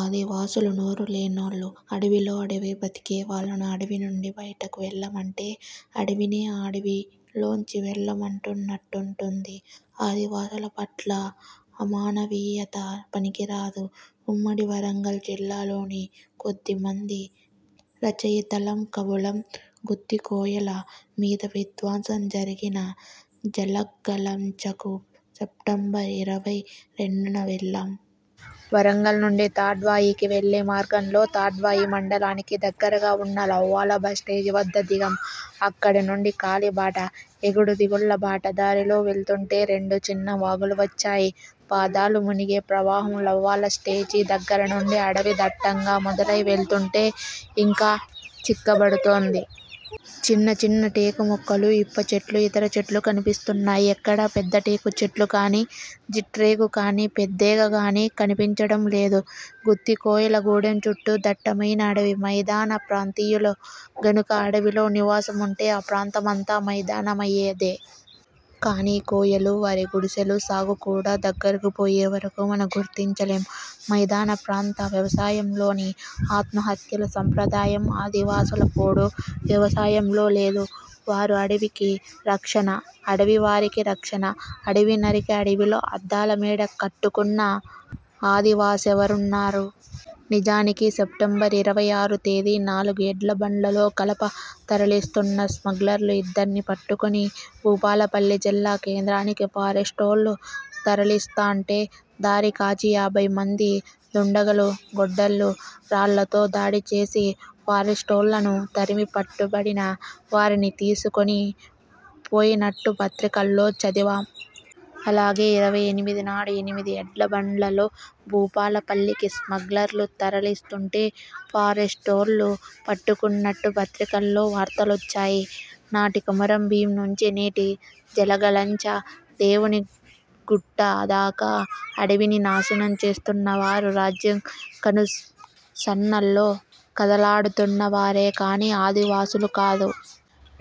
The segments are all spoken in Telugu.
ఆదివాసులు నోరు లేనోళ్ళు. అడవిలో అడివై బతికే వాళ్ళను అడవి నుండి బయటకు వెళ్ళమంటే అడివినే అడివిలోంచి వెళ్ళమన్నట్టుంటుంది. ఆదివాసుల పట్ల అమానవీయత పనికిరాదు. ఉమ్మడి వరంగల్ జిల్లాలోని కొద్దిమంది రచయితలం, కవులం గుత్తికోయల మీద విధ్వంసం జరిగిన జలగలంచకు సెప్టెంబర్ ఇరవై రెండున వెళ్లాం. వరంగల్ నుండి తాడ్వాయికి వెళ్ళే మార్గంలో, తాడ్వాయి మండలానికి దగ్గరగా ఉన్న లవ్వాల బస్టేజి వద్ద దిగాం. అక్కడి నుండి కాలిబాట. ఎగుడు దిగుళ్ళ బాట. దారిలో వెళ్తుంటే రెండు చిన్న వాగులు వచ్చాయి. పాదాలు మునిగే ప్రవాహం లవ్వాల స్టేజీ దగ్గర నుండి అడవి దట్టంగా మొదలై వెళ్తుంటే ఇంకా చిక్కబడ్తుంది. చిన్న చిన్న టేకు మొక్కలు, ఇప్ప చెట్లు, ఇతర చెట్లు కన్పిస్తున్నాయి. ఎక్కడా పెద్ద టేకు చెట్లు కాని, జిట్రేగు కాని, పెద్దేగ కాని కన్పించడం లేదు. గుత్తికోయల గూడెం చుట్టూ దట్టమైన అడవి. మైదాన ప్రాంతీయులు గనుక అడవిలో నివాసముంటే ఆ ప్రాంతమంతా మైదానమయ్యేదే! కాని కోయలు, వారి గుడిసెలు, సాగు కూడా దగ్గరకు పోయే వరకు మనం గుర్తించలేం. మైదాన ప్రాంత వ్యవసాయంలోని ఆత్మహత్యల సాంప్రదాయం, ఆదివాసుల పోడు వ్యవసాయంలో లేదు. వారు అడవికి రక్షణ. అడవి వారికి రక్షణ. అడవి నరికి, అడవిలో అద్దాల మేడ కట్టుకున్న ఆదివాసెవరున్నారు? నిజానికి సెప్టెంబర్ ఇరవై ఆరు తేదీన నాలుగు ఎడ్ల బండ్లలో కలప తరలిస్తున్న స్మగ్లర్లు ఇద్దర్ని పట్టుకొని భూపాలపల్లి జిల్లా కేంద్రానికి ఫారెస్టోళ్ళు తరలిస్తాంటే దారి కాచి యాభై మంది దుండగులు గొడ్డళ్ళు, రాళ్ళతో దాడిచేసి, ఫారెస్టోళ్ళను తరిమి పట్టుబడిన వారిని తీసుకొని పోయినట్టు పత్రికల్లో చదివాం. అలాగే ఇరవై ఎనిమిది నాడు ఎనిమిది ఎడ్ల బండ్లల్లో భూపాలపల్లికి స్మగ్లర్లు తరలిస్తుంటే ఫారెస్టోళ్ళు పట్టుకున్నట్టు పత్రికల్లో వార్తలొచ్చాయి. నాటి కొమరం భీం నుంచి నేటి జలగలంచ, దేవుని గుట్ట దాక అడవిని నాశనం చేస్తున్న వారు రాజ్యం కను సన్నల్లో కదలాడుతున్న వారే కాని ఆదివాసులు కాదు.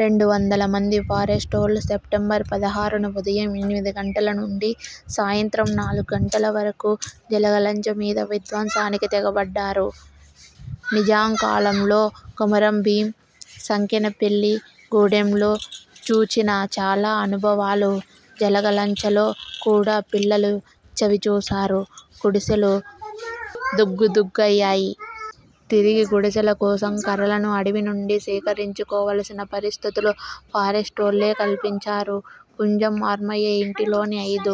రెండు వందలమంది ఫారెస్టోళ్ళు సెప్టెంబర్ పదహారున ఉదయం ఎనిమిది గంటల నుండి సాయం త్రం నాలుగు గంటల వరకు జలగలంచ మీద విధ్వంసానికి తెగబడ్డారు. నిజాం కాలంలో కొమరం భీం సంకెనపెల్లి గూడెంలో చూచిన చాలా అనుభవాలు జలగలంచలో కూడా పిల్లలు చవి చూశారు. గుడిసెలు దుగ్గు దుగ్గు అయ్యాయి. తిరిగి గుడిసెల కోసం కర్రలను అడవి నుండి సేకరించుకోవాల్సిన పరిస్థితులు ఫారెస్టోళ్ళే కల్పించారు. కుంజం ఆర్మయ్య ఇంటి లోని ఐదు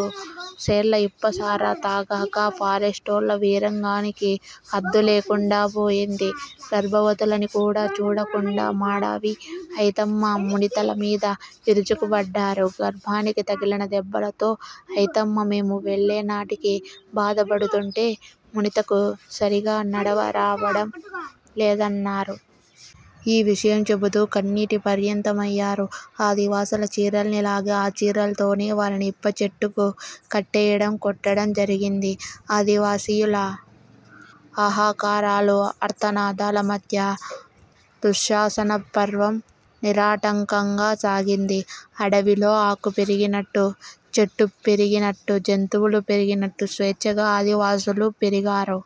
సేర్ల ఇప్పసార తాగాక ఫారెస్టోళ్ళ వీరంగానికి హద్దు లేకుండా పోయింది. గర్భవతులని కూడా చూడకుండా మడావి అయితమ్మ, మునితల మీద విరుచుకుపడ్డారు. గర్భానికి తగిలిన దెబ్బలతో అయితమ్మ మేము వెళ్ళేనాటికి బాధపడుతుంటే, మునితకు సరిగా నడవ రావడం లేదన్నారు. ఈ విషయం చెబుతూ కన్నీటి పర్యంతమయ్యారు. ఆదివాసీల చీరల్ని లాగి, ఆ చీరలతోనే వారిని ఇప్పచెట్టుకు కట్టేయడం, కొట్టడం జరిగింది. ఆదివాసీల హాహాకారాలు, ఆర్తనాదాల మధ్య దుశ్శాసన పర్వం నిరాటంకంగా సాగింది. అడవిలో ఆకు పెరిగినట్టు, చెట్టు పెరిగినట్టు, జంతువులు పెరిగినట్టు స్వేచ్ఛగా ఆదివాసులూ పెరిగారు.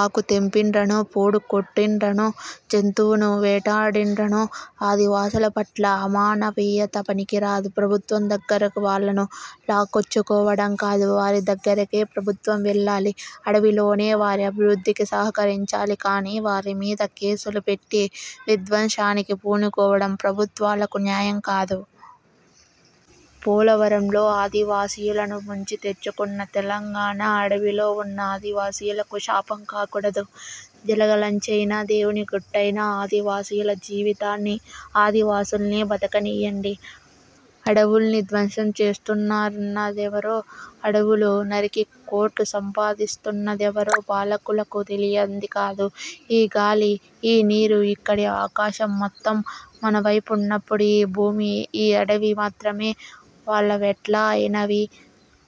ఆకు తెంపిండ్రనో, పోడు కొట్టిండ్రనో, జంతువును వేటాడిండ్రనో ఆదివాసుల పట్ల అమానవీయత పనికిరాదు. ప్రభుత్వం దగ్గరకు వాళ్ళను లాక్కొచ్చుకోవడం కాదు. వారి దగ్గరికే ప్రభుత్వం వెళ్ళాలి. అడవిలోనే వారి అభివృద్ధికి సహకరించాలి కాని, వారి మీద కేసులు పెట్టి, విధ్వంసానికి పూనుకోవడం ప్రభుత్వాలకు న్యాయం కాదు. పోలవరంలో ఆదివాసీలను ముంచి తెచ్చుకున్న తెలంగాణ, అడవిలో ఉన్న ఆదివాసీలకు శాపం కాకూడదు. జలగలంచైనా, దేవునిగుట్టైనా, ఆదివాసుల జీవితాన్ని ఆదివాసుల్నే బతకనీయండి. అడవుల్ని ధ్వంసం చేస్తున్నఅన్నదెవరో, అడవులు నరికి కోట్లు సంపాదిస్తున్నదెవరో పాలకులకు తెలియంది కాదు. ''ఈ గాలి, ఈ నీరు, ఇక్కడి ఆకాశం మొత్తం మనవైనప్పుడు, ఈ భూమి, ఈ అడవి మాత్రమే వాళ్ళవెట్లా అయినవి''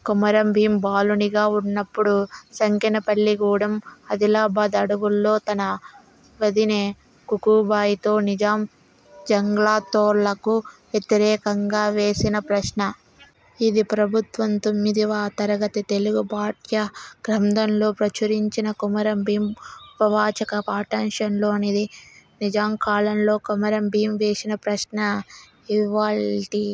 కొమరం భీం బాలునిగా ఉన్నప్పుడు సంకెనపల్లి గూడెం, ఆదిలాబాద్ అడవుల్లో తన వదినె కుకుబాయితో నిజాం జంగ్లాతోళ్ళకు వ్యతిరేకంగా వేసిన ప్రశ్న. ఇది ప్రభుత్వం తొమ్మిదివ తరగతి తెలుగు పాఠ్య గ్రంథంలో ప్రచురించిన 'కొమరం భీం' ఉపవాచక పాఠ్యాంశంలోనిది. నిజాం కాలంలో కొమరం భీం వేసిన ప్రశ్న ఇవ్వాల్టి